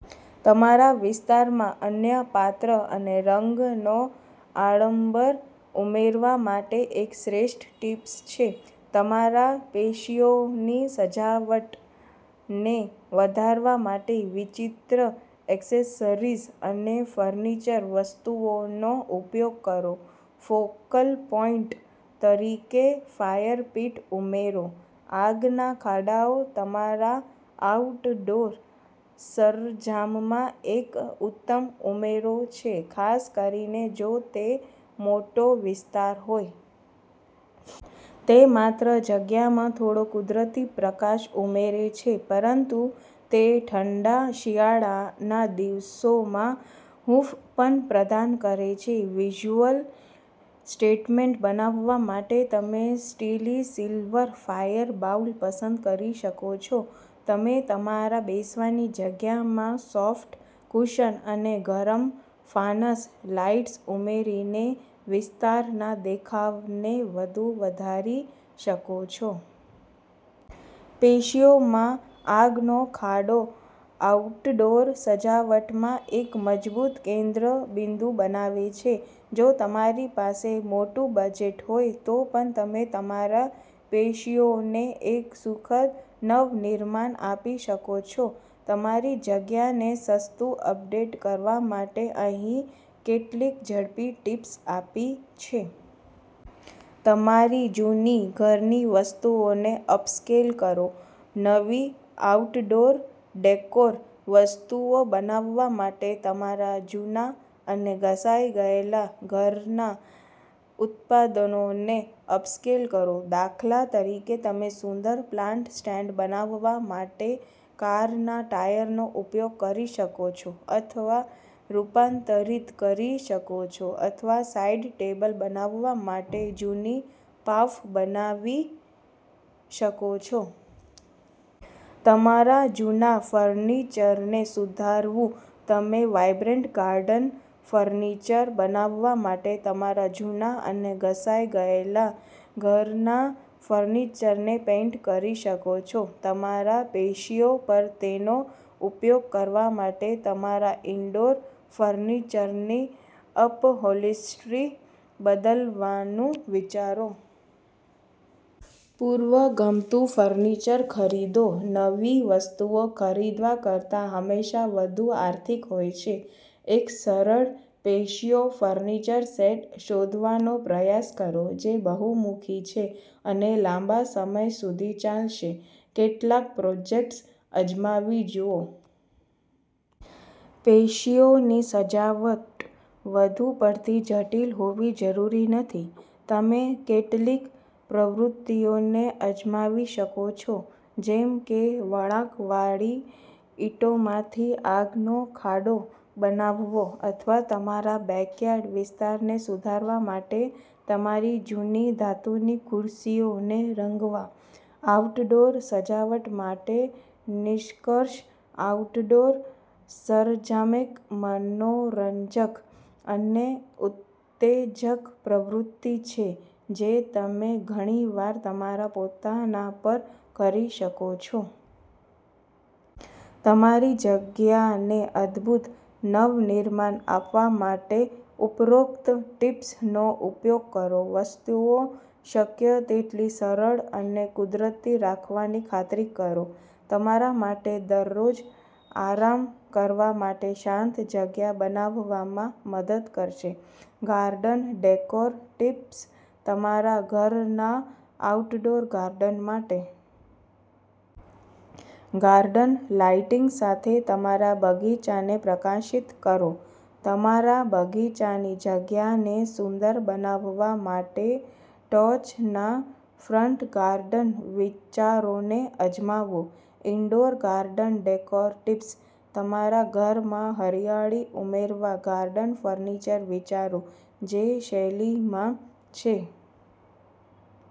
તમારા વિસ્તારમાં અનન્ય પાત્ર અને રંગનો આડંબર ઉમેરવા માટે એક શ્રેષ્ઠ ટીપ્સ છે. તમારા પેશિયોની સજાવટને વધારવા માટે વિચિત્ર એક્સેસરીઝ અને ફર્નિચર વસ્તુઓનો ઉપયોગ કરો. ફોકલ પોઈન્ટ તરીકે ફાયર પીટ ઉમેરો .આગના ખાડાઓ તમારા આઉટડોર સરંજામમાં એક ઉત્તમ ઉમેરો છે ખાસ કરીને જો તે મોટો વિસ્તાર હોય. તે માત્ર જગ્યામાં થોડો કુદરતી પ્રકાશ ઉમેરે છે પરંતુ તે ઠંડા શિયાળાના દિવસોમાં હૂંફ પણ પ્રદાન કરે છે. વિઝ્યુઅલ સ્ટેટમેન્ટ બનાવવા માટે તમે સ્ટીલી સિલ્વર ફાયર બાઉલ પસંદ કરી શકો છો. તમે તમારા બેસવાની જગ્યામાં સોફ્ટ કુશન અને ગરમ ફાનસ લાઇટ્સ ઉમેરીને વિસ્તારના દેખાવને વધુ વધારી શકો છો. પેશિયોમાં આગનો ખાડો આઉટડોર સજાવટમાં એક મજબૂત કેન્દ્રબિંદુ બનાવે છે. જો તમારી પાસે મોટું બજેટ હોય તો પણ તમે તમારા પેશિયોને એક સુખદ નવનિર્માણ આપી શકો છો. તમારી જગ્યાને સસ્તું અપડેટ કરવા માટે અહીં કેટલીક ઝડપી ટીપ્સ આપી છે. તમારી જૂની ઘરની વસ્તુઓને અપસ્કેલ કરો. નવી આઉટડોર ડેકોર વસ્તુઓ બનાવવા માટે તમારા જૂના અને ઘસાઈ ગયેલા ઘરના ઉત્પાદનોને અપસ્કેલ કરો. દાખલા તરીકે, તમે સુંદર પ્લાન્ટ સ્ટેન્ડ બનાવવા માટે કારના ટાયરનો ઉપયોગ કરી શકો છો અથવા રૂપાંતરિત કરી શકો છો અથવા સાઇડ ટેબલ બનાવવા માટે જૂની પાઉફ બનાવી શકો છો. તમારા જૂના ફર્નિચરને સુધારવું તમે વાઇબ્રન્ટ ગાર્ડન ફર્નિચર બનાવવા માટે તમારા જૂના અને ઘસાઈ ગયેલા ઘરના ફર્નિચરને પેઇન્ટ કરી શકો છો. તમારા પેશિયો પર તેનો ઉપયોગ કરવા માટે તમારા ઇન્ડોર ફર્નિચરની અપહોલ્સ્ટરી બદલવાનું વિચારો. પૂર્વ ગમતું ફર્નિચર ખરીદો. નવી વસ્તુઓ ખરીદવા કરતાં હંમેશા વધુ આર્થિક હોય છે. એક સરળ પેશિયો ફર્નિચર સેટ શોધવાનો પ્રયાસ કરો જે બહુમુખી છે અને લાંબા સમય સુધી ચાલશે. કેટલાક પ્રોજેક્ટ્સ અજમાવી જુઓ. પેશિયોની સજાવટ વધુ પડતી જટિલ હોવી જરૂરી નથી. તમે કેટલીક પ્રવૃત્તિઓને અજમાવી શકો છો જેમ કે વળાંકવાળી ઇંટોમાંથી આગનો ખાડો બનાવવો અથવા તમારા બેકયાર્ડ વિસ્તારને સુધારવા માટે તમારી જૂની ધાતુની ખુરશીઓને રંગવા. આઉટડોર સજાવટ માટે નિષ્કર્ષ આઉટડોર સરંજામએક મનોરંજક અને ઉત્તેજક પ્રવૃત્તિ છે જે તમે ઘણીવાર તમારા પોતાના પર કરી શકો છો. તમારી જગ્યાને અદભૂત નવનિર્માણ આપવા માટે ઉપરોક્ત ટીપ્સનો ઉપયોગ કરો. વસ્તુઓ શક્ય તેટલી સરળ અને કુદરતી રાખવાની ખાતરી કરો. તમારા માટે દરરોજ આરામ કરવા માટે શાંત જગ્યા બનાવવામાં મદદ કરશે. ગાર્ડન ડેકોર ટિપ્સ તમારા ઘરના આઉટડોર ગાર્ડન માટે. ગાર્ડન લાઇટિંગ સાથે તમારા બગીચાને પ્રકાશિત કરો. તમારા બગીચાની જગ્યાને સુંદર બનાવવા માટે ટોચના ફ્રન્ટ ગાર્ડન વિચારોને અજમાવો. Indoor garden decor tips. તમારા ઘરમાં હરિયાળી ઉમેરવા ગાર્ડન ફર્નિચર વિચારો જે શૈલીમાં છે.